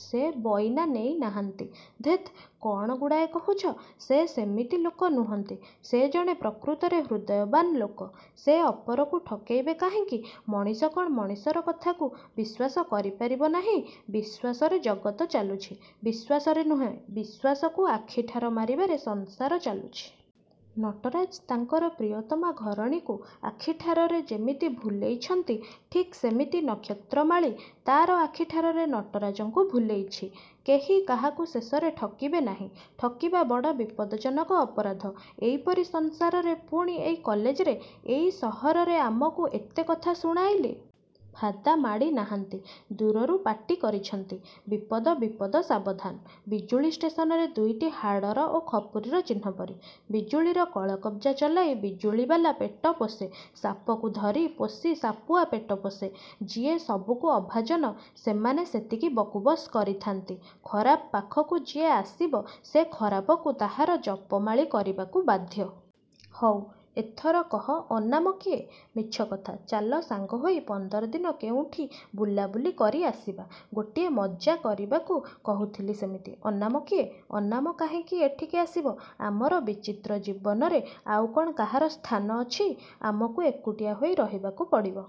ସେ ବଇନା ନେଇ ନାହାନ୍ତି? -ଧେତ୍, କଣ ଗୁଡ଼ାଏ କହୁଛ? ସେ ସେମିତି ଲୋକ ନୁହନ୍ତି। ସେ ଜଣେ ପ୍ରକୃତରେ ହୃଦୟବାନ୍ ଲୋକ। ସେ ଅପରକୁ ଠକେଇବେ କାହିଁକି? ମଣିଷ କ'ଣ ମଣିଷର କଥାକୁ ବିଶ୍ୱାସ କରି ପାରିବ ନାହିଁ? ବିଶ୍ୱାସରେ ଜଗତ ଚାଲୁଛି। -ବିଶ୍ୱାସରେ ନୁହେଁ ବିଶ୍ୱାସକୁ ଆଖିଠାର ମାରିବାରେ ସଂସାର ଚାଲୁଛି। ନଟରାଜ ତାଙ୍କର ପ୍ରିୟତମା ଘରଣୀକୁ ଆଖିଠାରରେ ଯେମିତି ଭୁଲେଇଛନ୍ତି ଠିକ୍ ସେମିତି ନକ୍ଷତ୍ରମାଳୀ ତା'ର ଆଖିଠାରରେ ନଟରାଜଙ୍କୁ ଭୁଲେଇଛି। କେହି କାହାକୁ ଶେଷରେ ଠକିବେ ନାହିଁ। ଠକିବା ବଡ଼ ବିପଦଜନକ ଅପରାଧ। -ଏଇପରି ସଂସାରରେ ପୁଣି ଏଇ କଲେଜରେ, ଏଇ ସହରରେ ଆମକୁ ଏତେ କଥା ଶୁଣାଇଲେ? -ଫାଦା ମାଡ଼ି ନାହାଁନ୍ତି। ଦୂରରୁ ପାଟି କରିଛନ୍ତି-ବିପଦ-ବିପଦ-ସାବଧାନ। ବିଜୁଳି ଷ୍ଟେସନରେ ଦୁଇଟି ହାଡ଼ର ଓ ଖପୁରୀର ଚିହ୍ନପରି। ବିଜୁଳିର କଳକବ୍ଜା ଚଳାଇ ବିଜୁଳିବାଲା ପେଟ ପୋଷେ। ସାପକୁ ଧରି ପୋଷି ସାପୁଆ ପେଟ ପୋଷେ। ଯିଏ ସବୁକୁ ଅଭାଜନ, ସେମାନେ ସେତିକି ବକୁବସ୍ କରିଥାନ୍ତି। ଖରାପ ପାଖକୁ ଯିଏ ଆସିବ-ସେ ଖରାପକୁ ତାହାର ଜପାମାଳୀ କରିବାକୁ ବାଧ୍ୟ। -ହଉ, ଏଥର କହ ଅନାମ କିଏ? -ମିଛକଥା। ଚାଲ ସାଙ୍ଗହୋଇ ପନ୍ଦରଦିନ କେଉଁଠି ବୁଲାବୁଲି କରି ଆସିବା। ଗୋଟାଏ ମଜ୍ଜା କରିବାକୁ କହୁଥିଲି ସେମିତି, ଅନାମ କିଏ? -ଅନାମ କାହିଁକି ଏଠିକି ଆସିବ? ଆମର ବିଚିତ୍ର ଜୀବନରେ ଆଉ କ'ଣ କାହାର ସ୍ଥାନ ଅଛି? ଆମକୁ ଏକୁଟିଆ ହୋଇ ରହିବାକୁ ପଡ଼ିବ।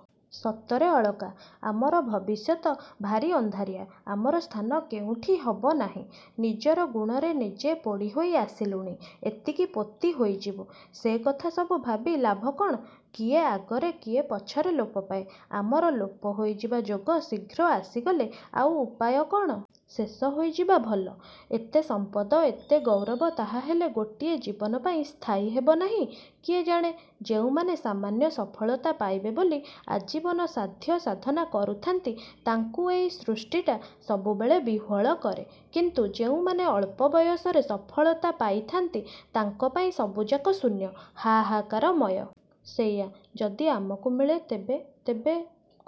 -ସତରେ ଅଳକା। ଆମର ଭବିଷ୍ୟତ ଭାରି ଅନ୍ଧାରିଆ। ଆମର ସ୍ଥାନ କେଉଁଠି ହବ ନାହିଁ। ନିଜର ଗୁଣରେ ନିଜେ ପୋଡ଼ି ହୋଇ ଆସିଲୁଣି। ଏଣିକି ପୋତି ହୋଇଯିବୁ। -ସେ କଥା ସବୁ ଭାବି ଲାଭ କ'ଣ? କିଏ ଆଗରେ କିଏ ପଛରେ ଲୋପ ପାଏ। ଆମର ଲୋପ ହୋଇଯିବା ଯୋଗ ଶୀଘ୍ର ଆସିଗଲେ ଆଉ ଉପାୟ କ'ଣ? ଶେଷ ହୋଇଯିବା ଭଲ। -ଏତେ ସମ୍ପଦ, ଏତେ ଗୌରବ ତାହାହେଲେ ଗୋଟାଏ ଜୀବନ ପାଇଁ ସ୍ଥାୟୀ ହେବ ନାହିଁ? -କିଏ ଜାଣେ? ଯେଉଁମାନେ ସାମାନ୍ୟ ସଫଳତା ପାଇବେ ବୋଲି ଆଜୀବନ ସାଧ୍ୟ ସାଧନା କରୁଥାନ୍ତି ତାଙ୍କୁ ଏଇ ସୃଷ୍ଟିଟା ସବୁବେଳେ ବିହ୍ୱଳ କରେ। କିନ୍ତୁ ଯେଉଁମାନେ ଅଳ୍ପ ବୟସରେ ସଫଳତା ପାଇଥାନ୍ତି ତାଙ୍କ ପାଇଁ ସବୁଯାକ ଶୂନ୍ୟ-ହାହାକାରମୟ। ସେଇଆ ଯଦି ଆମକୁ ମିଳେ, ତେବେ-ତେବେ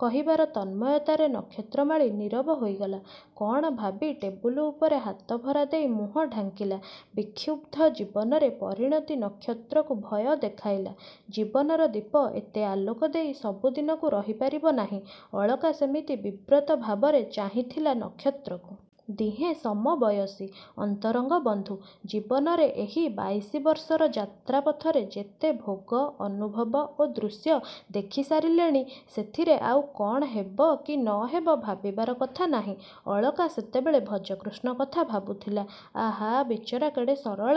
କହିବାର ତନ୍ମୟତାରେ ନକ୍ଷତ୍ରମାଳୀ ନୀରବ ହୋଇଗଲା। କ'ଣ ଭାବି ଟେବୁଲ ଉପରେ ହାତ ଭରାଦେଇ ମୁହଁ ଢାଙ୍କିଲା। ବିକ୍ଷୁବ୍ଧ ଜୀବନରେ ପରିଣତି ନକ୍ଷତ୍ରକୁ ଭୟ ଦେଖାଇଲା। ଜୀବନର ଦୀପ ଏତେ ଆଲୋକ ଦେଇ ସବୁଦିନକୁ ରହିପାରିବ ନାହିଁ। ଅଳକା ସେମିତି ବିବ୍ରତ ଭାବରେ ଚାହିଁଥିଲା ନକ୍ଷତ୍ରକୁ। ଦିହେଁ ସମବୟସୀ-ଅନ୍ତରଙ୍ଗ ବନ୍ଧୁ। ଜୀବନରେ ଏହି ବାଇଶି ବର୍ଷର ଯାତ୍ରା ପଥରେ ଯେତେ ଭୋଗ, ଅନୁଭବ ଓ ଦୃଶ୍ୟ ଦେଖିସାରିଲେଣି ସେଥିରେ ଆଉ କ'ଣ ହେବ କି ନ ହେବ ଭାବିବାର କଥା ନାହିଁ। ଅଳକା ସେତେବେଳେ ଭଜକୃଷ୍ଣ କଥା ଭାବୁଥିଲା-ଆହା, ବିଚରା କେଡ଼େ ସରଳ?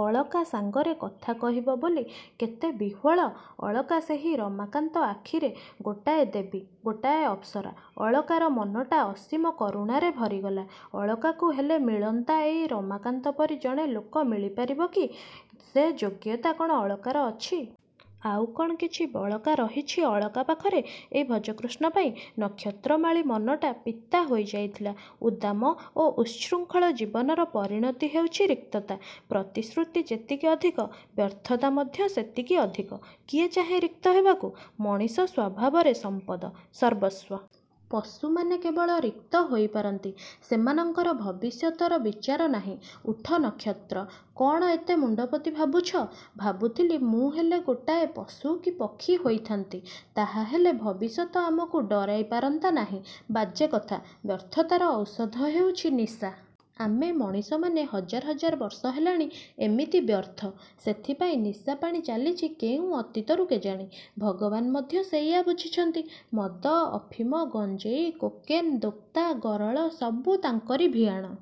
ଅଳକା ସାଙ୍ଗରେ କଥା କହିବ ବୋଲି କେତେ ବିହ୍ୱଳ? ଅଳକା ସେହି ରମାକାନ୍ତ ଆଖିରେ ଗୋଟାଏ ଦେବୀ-ଗୋଟାଏ ଅପ୍ସରା। ଅଳକାର ମନଟା ଅସୀମ କରୁଣାରେ ଭରିଗଲା। ଅଳକାକୁ ହେଲେ ମିଳନ୍ତା ଏଇ ରମାକାନ୍ତ ପରି ଜଣେ ଲୋକ ମିଳିପାରିବ କି? ସେ ଯୋଗ୍ୟତା କ'ଣ ଅଳକାର ଅଛି? -ଆଉ କ'ଣ କିଛି ବଳକା ରହିଛି ଅଳକା ପାଖରେ? -ଏଇ ଭଜକୃଷ୍ଣ ପାଇଁ? ନକ୍ଷତ୍ରମାଳୀ ମନଟା ପିତା ହୋଇ ଯାଇଥିଲା। ଉଦ୍ଦାମ ଓ ଉତ୍ସୃଙ୍ଖଳ ଜୀବନର ପରିଣତି ହେଉଛି ରିକ୍ତତା। ପ୍ରତିଶ୍ରୁତି ଯେତିକି ଅଧିକ-ବ୍ୟର୍ଥତା ମଧ୍ୟ ସେତିକି ଅଧିକ। କିଏ ଚାହେଁ ରିକ୍ତ ହେବାକୁ? ମଣିଷ ସ୍ୱଭାବରେ ସମ୍ପଦ-ସର୍ବସ୍ୱ। ପଶୁମାନେ କେବଳ ରିକ୍ତ ହୋଇ ପାରନ୍ତି। ସେମାନଙ୍କର ଭବିଷ୍ୟତର ବିଚାର ନାହିଁ। -ଉଠ, ନକ୍ଷତ୍ର। କ'ଣ ଏତେ ମୁଣ୍ଡପୋତି ଭାବୁଛ? -ଭାବୁଥିଲି ମୁଁ ହେଲେ ଗୋଟାଏ ପଶୁ କି ପକ୍ଷୀ ହୋଇଥା'ନ୍ତି। ତାହାହେଲେ ଭବିଷ୍ୟତ ଆମକୁ ଡରାଇ ପାରନ୍ତା ନାହିଁ। -ବାଜେ କଥା। ବ୍ୟର୍ଥତାର ଔଷଧ ହେଉଛି ନିଶା। ଆମେ ମଣିଷମାନେ ହଜାର ହଜାର ବର୍ଷ ହେଲାଣି ଏମିତି ବ୍ୟର୍ଥ। ସେଥିପାଇଁ ନିଶାପାଣି ଚାଲିଛି କେଉଁ ଅତୀତରୁ କେଜାଣି। ଭଗବାନ ମଧ୍ୟ ସେଇଆ ବୁଝିଛନ୍ତି। ମଦ, ଅଫିମ, ଗଞ୍ଜେଇ, କୋକେନ୍, ଦୋକ୍ତା, ଗରଳ-ସବୁ ତାଙ୍କରି ଭିଆଣ।